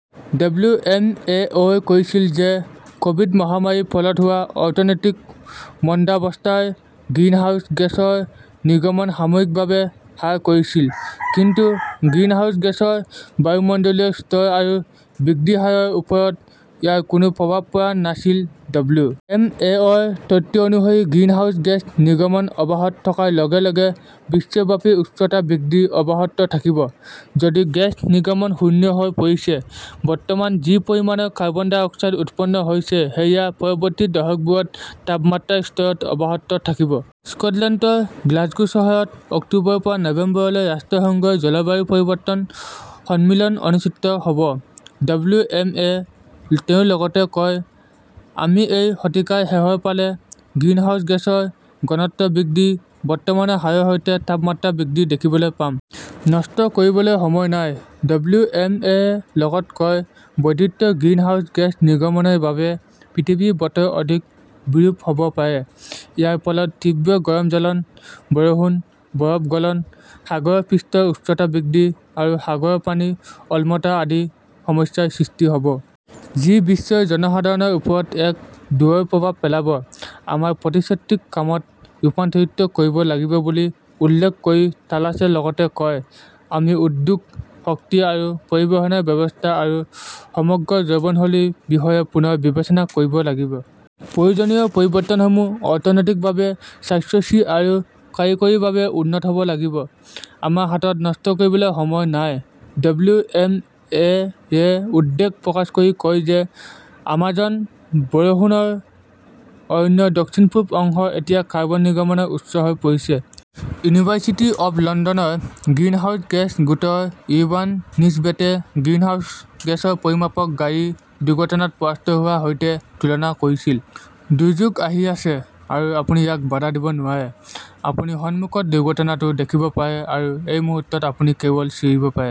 W. M. O 'এ কৈছিল যে ক'ভিড মহামাৰীৰ ফলত হোৱা অৰ্থনৈতিক মন্দাৱস্থাই গ্ৰীণহাউছ গেছৰ নিৰ্গমন সাময়িকভাৱে হ্ৰাস কৰিছিল, কিন্তু গ্ৰীণহাউছ গেছৰ বায়ুমণ্ডলীয় স্তৰ আৰু বৃদ্ধিৰ হাৰৰ ওপৰত ইয়াৰ কোনো প্ৰভাৱ পৰা নাছিল। ডব্লিউ. এম. অ 'ৰ তথ্য অনুসৰি, গ্ৰীণহাউছ গেছ নিৰ্গমন অব্যাহত থকাৰ লগে লগে বিশ্বব্যাপী উষ্ণতা বৃদ্ধি অব্যাহত থাকিব। যদিও গেছ নিৰ্গমন শূন্য হৈ পৰিছে, বৰ্তমান যি পৰিমাণৰ কাৰ্বন ডাই অক্সাইড উৎপন্ন হৈছে সেয়া পৰৱৰ্তী দশকবোৰত তাপমাত্ৰাৰ স্তৰত অব্যাহত থাকিব। স্কটলেণ্ডৰ গ্লাছগো চহৰত অক্টোবৰৰ পৰা নৱেম্বৰলৈ ৰাষ্ট্ৰসংঘই জলবায়ু পৰিৱৰ্তন সন্মিলন অনুষ্ঠিত হ 'ব। ডব্লিউ. এম. অ ', তেওঁ লগতে কয়, আমি এই শতিকাৰ শেষৰ ফালে গ্ৰীণহাউছ গেছৰ ঘনত্ব বৃদ্ধিৰ বৰ্তমানৰ হাৰৰ সৈতে তাপমাত্ৰা বৃদ্ধি দেখিবলৈ পাম। নষ্ট কৰিবলৈ সময় নাই, ডব্লিউ. এম. অ 'য়ে লগতে কয়, বৰ্ধিত গ্ৰীণহাউছ গেছ নিৰ্গমনৰ বাবে পৃথিৱীৰ বতৰ অধিক বিৰূপ হ' ব পাৰে। ইয়াৰ ফলত তীব্ৰ গৰম জ্বলন, বৰষুণ, বৰফ গলন, সাগৰ পৃষ্ঠৰ উচ্চতা বৃদ্ধি আৰু সাগৰৰ পানীৰ অম্লতা আদি সমস্যাৰ সৃষ্টি হ'ব। যি বিশ্বৰ জনসাধাৰণৰ ওপৰত এক দূৰৈৰ প্ৰভাৱ পেলাব। আমাৰ প্ৰতিশ্ৰুতিক কামত ৰূপান্তৰিত কৰিব লাগিব বুলি উল্লেখ কৰি তালাসে লগতে কয়, আমি উদ্যোগ, শক্তি আৰু পৰিবহণ ব্যৱস্থা আৰু সমগ্ৰ জীৱনশৈলীৰ বিষয়ে পুনৰ বিবেচনা কৰিব লাগিব। প্ৰয়োজনীয় পৰিৱৰ্তনসমূহ অৰ্থনৈতিকভাৱে সাশ্ৰয়ী আৰু কাৰিকৰীভাৱে উন্নত হ'ব লাগিব। আমাৰ হাতত নষ্ট কৰিবলৈ সময় নাই। ডব্লিউ. এম. অ. য়ে উদ্বেগ প্ৰকাশ কৰি কয় যে আমাজন বৰষুণৰ অৰণ্যৰ দক্ষিণ-পূব অংশ এতিয়া কাৰ্বন নিৰ্গমনৰ উৎস হৈ পৰিছে। ইউনিভাৰ্চিটি অৱ লণ্ডনৰ গ্ৰীণহাউছ গেছ গোটৰ ইউৱান নিসবেটে গ্ৰীণহাউছ গেছৰ পৰিমাপক "গাড়ী দুৰ্ঘটনাত পৰাস্ত হোৱা" ৰ সৈতে তুলনা কৰিছিল। দুৰ্যোগ আহি আছে আৰু আপুনি ইয়াক বাধা দিব নোৱাৰে। আপুনি সন্মুখত দুৰ্ঘটনাটো দেখিব পাৰে আৰু এই মুহূৰ্তত আপুনি কেৱল চিঞৰিব পাৰে।